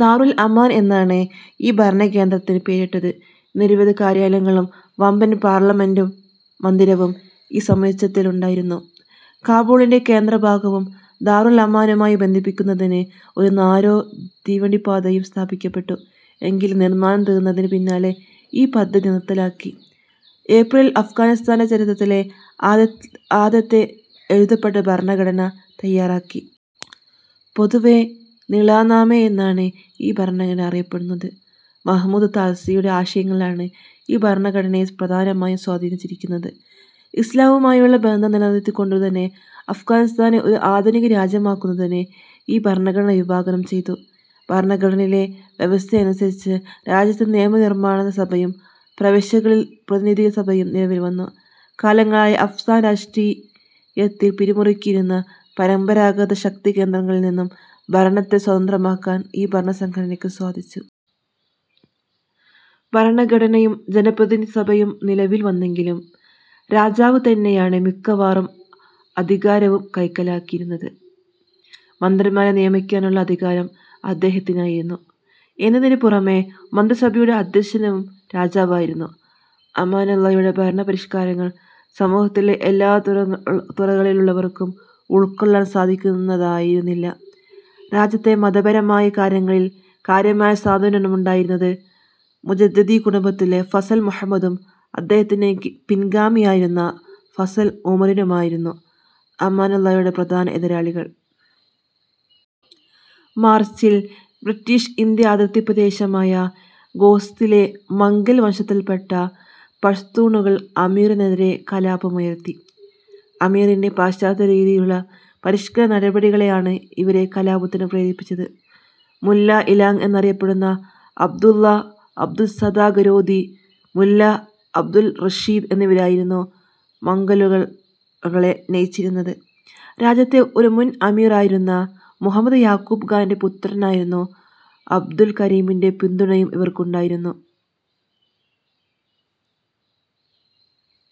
ദാർ അൽ-അമാൻ എന്നാണ് ഈ ഭരണകേന്ദ്രത്തിന് പേരിട്ടത്. നിരവധി കര്യാലയങ്ങളും വമ്പൻ പാർലമെന്റ് മന്ദിരവും ഈ സമുച്ചയത്തിലുണ്ടായിരുന്നു. കാബൂളിന്റെ കേന്ദ്രഭാഗവും ദാർ അൽ അമാനുമായി ബന്ധിപ്പിക്കുന്നതിന് ഒരു നാരോ ഗേജ് തീവണ്ടിപ്പാതയും സ്ഥാപിക്കപ്പെട്ടു. എങ്കിലും നിർമ്മാണം തീർന്നതിനു പിന്നാലെ ഈ പദ്ധതി നിർത്തലാക്കി. ഏപ്രിലിൽ അഫ്ഗാനിസ്താന്റെ ചരിത്രത്തിലെ ആദ്യത്തെ എഴുതപ്പെട്ട ഭരണഘടന തയ്യാറായി. പൊതുവേ നിളാം നാമെ എന്നാണ് ഈ ഭരണഘടന അറിയപ്പെടുന്നത്. മഹ്മൂദ് താർസിയുടെ ആശയങ്ങളാണ് ഈ ഭരണഘടനയെ പ്രധാനമായും സ്വാധീനിച്ചിരിക്കുനന്ത്. ഇസ്ലാമുമായുള്ള ബന്ധം നിലനിർത്തിക്കൊണ്ടുതന്നെ അഫ്ഗാനിസ്താനെ ഒരു ആധുനികരാജ്യമാക്കുന്നതിന് ഈ ഭരണഘടന വിഭാവനം ചെയ്തു. ഭരണഘടനയിലെ വ്യവസ്ഥയനുസരിച്ച് രാജ്യത്ത് നിയമനിർമ്മാണസഭയും, പ്രവിശ്യകളിൽ പ്രതിനിധിസഭകളും നിലവിൽ വന്നു. കാലങ്ങളായി അഫ്ഗാൻ രാഷ്ട്രീയത്തിൽ പിടിമുറുക്കിയിരുന്ന പരമ്പരാഗതശക്തികേന്ദ്രങ്ങളിൽ നിന്നും ഭരണത്തെ സ്വതന്ത്രമാക്കാൻ ഈ ഭരണഘടനക്ക് സാധിച്ചു. ഭരണഘടനയും ജനപ്രതിനിധിസഭയും നിലവിൽ വന്നെങ്കിലും രാജാവ് തന്നെയായിരുന്നു മിക്കവാറും അധികാരവും കൈക്കലാക്കിയിരുന്നത്. മന്ത്രിമാരെ നിയമിക്കാനുള്ള അധികാരം അദ്ദേഹത്തിനായിരുന്നു എന്നതിനു പുറമേ മന്ത്രിസഭയുടെ അദ്ധ്യക്ഷനും രാജാവായിരുന്നു. അമാനുള്ളായുടെ ഭരണപരിഷ്കാരങ്ങൾ സമൂഹത്തിന്റെ എല്ലാ തുറകളിലുള്ളവർക്കും ഉൾക്കൊള്ളാൻ സാധിക്കുന്നതായിരുന്നില്ല. രാജ്യത്തെ മതപരമായ കാര്യങ്ങളിൽ കാര്യമായ സ്വാധീനമുണ്ടായിരുന്ന് മുജദ്ദിദി കുടുംബത്തിലെ ഫസൽ മുഹമ്മദും അദ്ദേഹത്തിന്റെ പിൻഗാമിയായിരുന്ന ഫസൽ ഒമറുമായിരുന്നു അമാനുള്ളായുടെ പ്രധാന എതിരാളികൾ. മാർച്ചിൽ, ബ്രിട്ടീഷ്-ഇന്ത്യ അതിർത്തിപ്രദേശമായ ഖോസ്തിലെ, മംഗൽ വംശത്തിൽപ്പെട്ട പഷ്തൂണുകൾ അമീറിനെതിരെ കലാപമുയർത്തി. അമീറിന്റെ പാശ്ചാത്യരീതിയിലുള്ള പരിഷ്കരണനടപടികളാണ് ഇവരെ കലാപത്തിന് പ്രേരിപ്പിച്ചത്. മുല്ല ഇ ലാങ് എന്നറിയപ്പെട്ടിരുന്ന അബ്ദ് അള്ളാ അഖുന്ദ്സാദാ ഖരോതി, മുല്ല അബ്ദ് അൽ റഷീദ് എന്നിവരായിരുന്നു മംഗലുകളെ നയിച്ചിരുന്നത്. രാജ്യത്തെ ഒരു മുൻ അമീർ ആയിരുന്ന മുഹമ്മദ് യാക്കൂബ് ഖാന്റെ പുത്രനായിരുന്ന അബ്ദ് അൽ കരീമിന്റെ പിന്തുണയും ഇവർക്കുണ്ടായിരുന്നു.